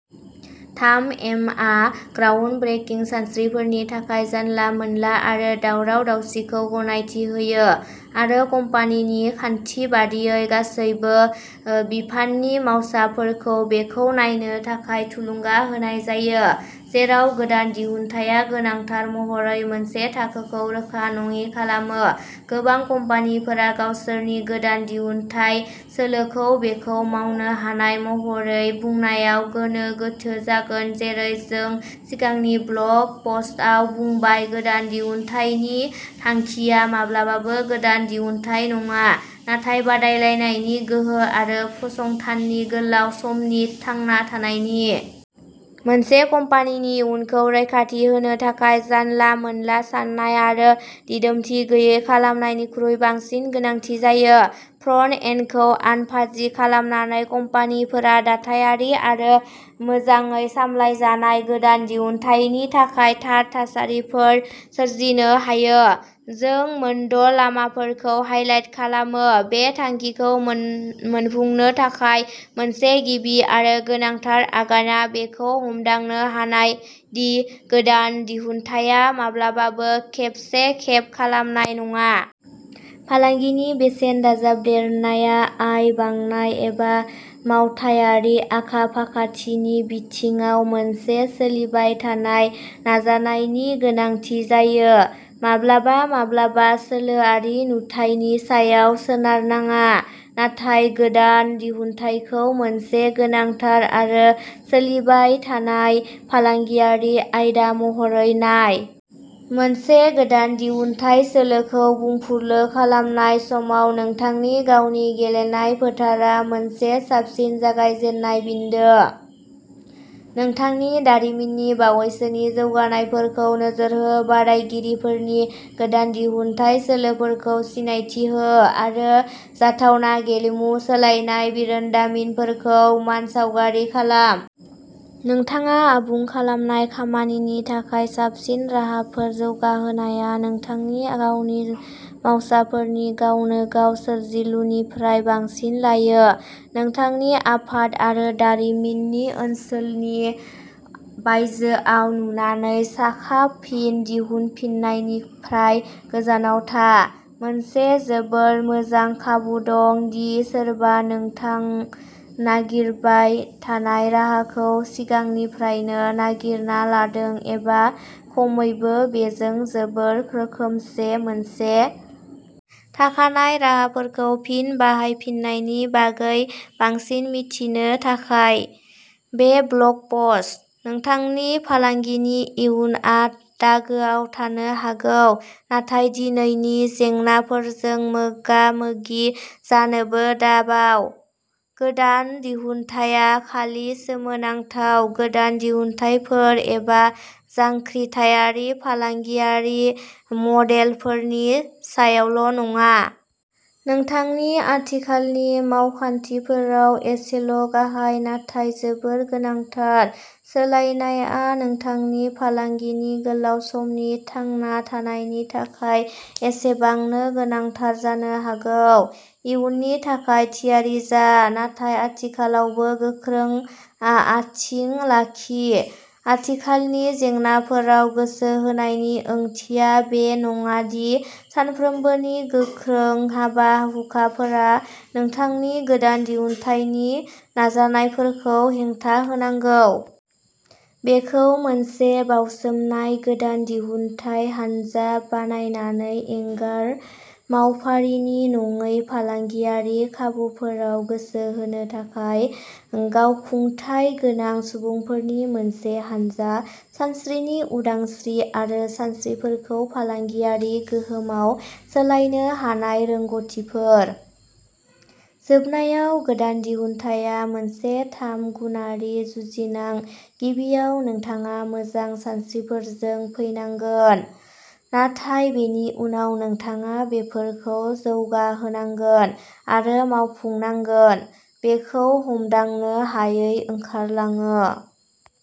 थाम एमआ ground breaking सानस्रिफोरनि थाखाय जानला मोनला आरो दावराव दावसिखौ गनायथि होयो आरो कम्पानिनि खान्थि बायदियै गासैबो बिफाननि मावसाफोरखौ'बेखौ नायनो थाखाय'थुलुंगा होनाय जायो। जेराव गोदान दिहुनथाया गोनांथार महरै मोनसे थाखोखौ रोखा नङि खालामो गोबां कम्पानिफोरा गावसोरनि गोदान दिहुनथाइ सोलोखौ'बेखौ मावनो हानाय'महरै बुंनायाव गोनो गोथो जागोन जेरै जों सिगांनि ब्लग पस्टआव बुंबाय गोदान दिहुनथायनि थांखिया माब्लाबाबो गोदान दिहुनथाइ नङा नाथाय बादायलायनायनि गोहो आरो फसंथाननि गोलाव समनि थांना थानायनि। मोनसे कम्पानिनि इयुनखौ रैखाथि होनो थाखाय जानला मोनला साननाय आरो दिदोमथि गैयै खालामनायनिख्रुइ बांसिन गोनांथि जायो। फ्रन्ट एन्डखौ'आनफाजि'खालामनानै कम्पानिफोरा दाथायारि आरो मोजाङै सामलायजानाय गोदान दिहुनथायनि थाखाय थार थासारिफोर सोरजिनो हायो। जों मोनद'लामाफोरखौ हाईलाइट खालामो बे थांखिखौ मोन मोनफुंनो थाखाय मोनसे गिबि आरो गोनांथार आगानआ बेखौ हमदांनो हानाय दि गोदान दिहुनथाया माब्लाबाबो खेबसे खेब खालामनाय नङा। फालांगिनि बेसेन दाजाबदेरनाया आय बांनाय एबा मावथायारि आखा फाखाथिनि बिथिङाव मोनसे सोलिबाय थानाय नाजानायनि गोनांथि जायो। माब्लाबा माब्लाबा सोलोआरि नुथायनि सायाव सोनारनाङा नाथाय गोदान दिहुनथायखौ मोनसे गोनांथार आरो सोलिबाय थानाय फालांगियारि आयदा महरै नाय। मोनसे गोदान दिहुनथाइ सोलोखौ बुंफुरलु खालामनाय समाव नोंथांनि गावनि गेलेनाय फोथारआ मोनसे साबसिन जागायजेननाय बिन्दो। नोंथांनि दारिमिननि बावैसोनि जौगानायफोरखौ नोजोर हो बादायगिरिफोरनि गोदान दिहुनथाइ सोलोफोरखौ सिनायथि हो आरो जाथावना गेलेमु सोलायनाय बिरोंदामिनफोरखौ मानसावगारि खालाम। नोंथाङा आबुं खालामनाय खामानिनि थाखाय साबसिन राहाफोर जौगाहोनाया नोंथांनि गावनि मावसाफोरनि गावनो गाव सोरजिलुनिफ्राय बांसिन लायो। नोंथांनि आफाद आरो दारिमिननि ओनसोलनि बायजोआव नुनानै साखा फिन दिहुनफिननायनिफ्राय गोजानाव था। मोनसे जोबोद मोजां खाबु दं दि सोरबा नोंथां नागिरबाय थानाय राहाखौ सिगांनिफ्रायनो नागिरना लादों एबा खमैबो बेजों जोबोद रोखोमसे मोनसे। थाखानाय राहाफोरखौ फिन बाहायफिन्नायनि बागै बांसिन मिथिनो थाखाय। बे ब्लग पस्ट। नोंथांनि फालांगिनि इयुनआ दागोआव थानो हागौ नाथाय दिनैनि जेंनाफोरजों मोगा मोगि जानोबो दाबाव। गोदान दिहुनथाया खालि सोमोनांथाव गोदान दिहुनथायफोर एबा जांख्रिथायारि फालांगियारि मदेलफोरनि सायावल'नङा। नोंथांनि आथिखालनि मावखान्थिफोराव एसेल'गाहाय नाथाय जोबोद गोनांथार सोलायनायआ नोंथांनि फालांगिनि गोलाव समनि थांना थानायनि थाखाय एसेबांनो गोनांथार जानो हागौ। इयुननि थाखाय थियारि जा नाथाय आथिखालावबो गोख्रों आथिं लाखि। आथिखालनि जेंनाफोराव गोसो होनायनि ओंथिया बे नङा दि सानफ्रोमबोनि गोख्रों हाबा हुखाफोरा नोंथांनि गोदान दिहुनथायनि नाजानायफोरखौ हेंथा होनांगौ। बेखौ मोनसे बावसोमनाय गोदान दिहुनथाय हानजा बानायनानै एंगार मावफारिनि नङै फालांगियारि खाबुफोराव गोसो होनो थाखाय गावखुंथाय गोनां सुबुंफोरनि मोनसे हानजा सानस्रिनि उदांस्रि आरो सानस्रिफोरखौ फालांगियारि गोहोमआव सोलायनो हानाय रोंग'थिफोर। जोबनायाव गोदान दिहुनथाया मोनसे थाम गुनारि जुजिनां गिबियाव नोंथाङा मोजां सानस्रिफोरजों फैनांगोन नाथाय बेनि उनाव नोंथाङा बेफोरखौ जौगाहोनांगोन आरो मावफुंनांगोन। बेखौ हमदांनो हायै ओंखारलाङो।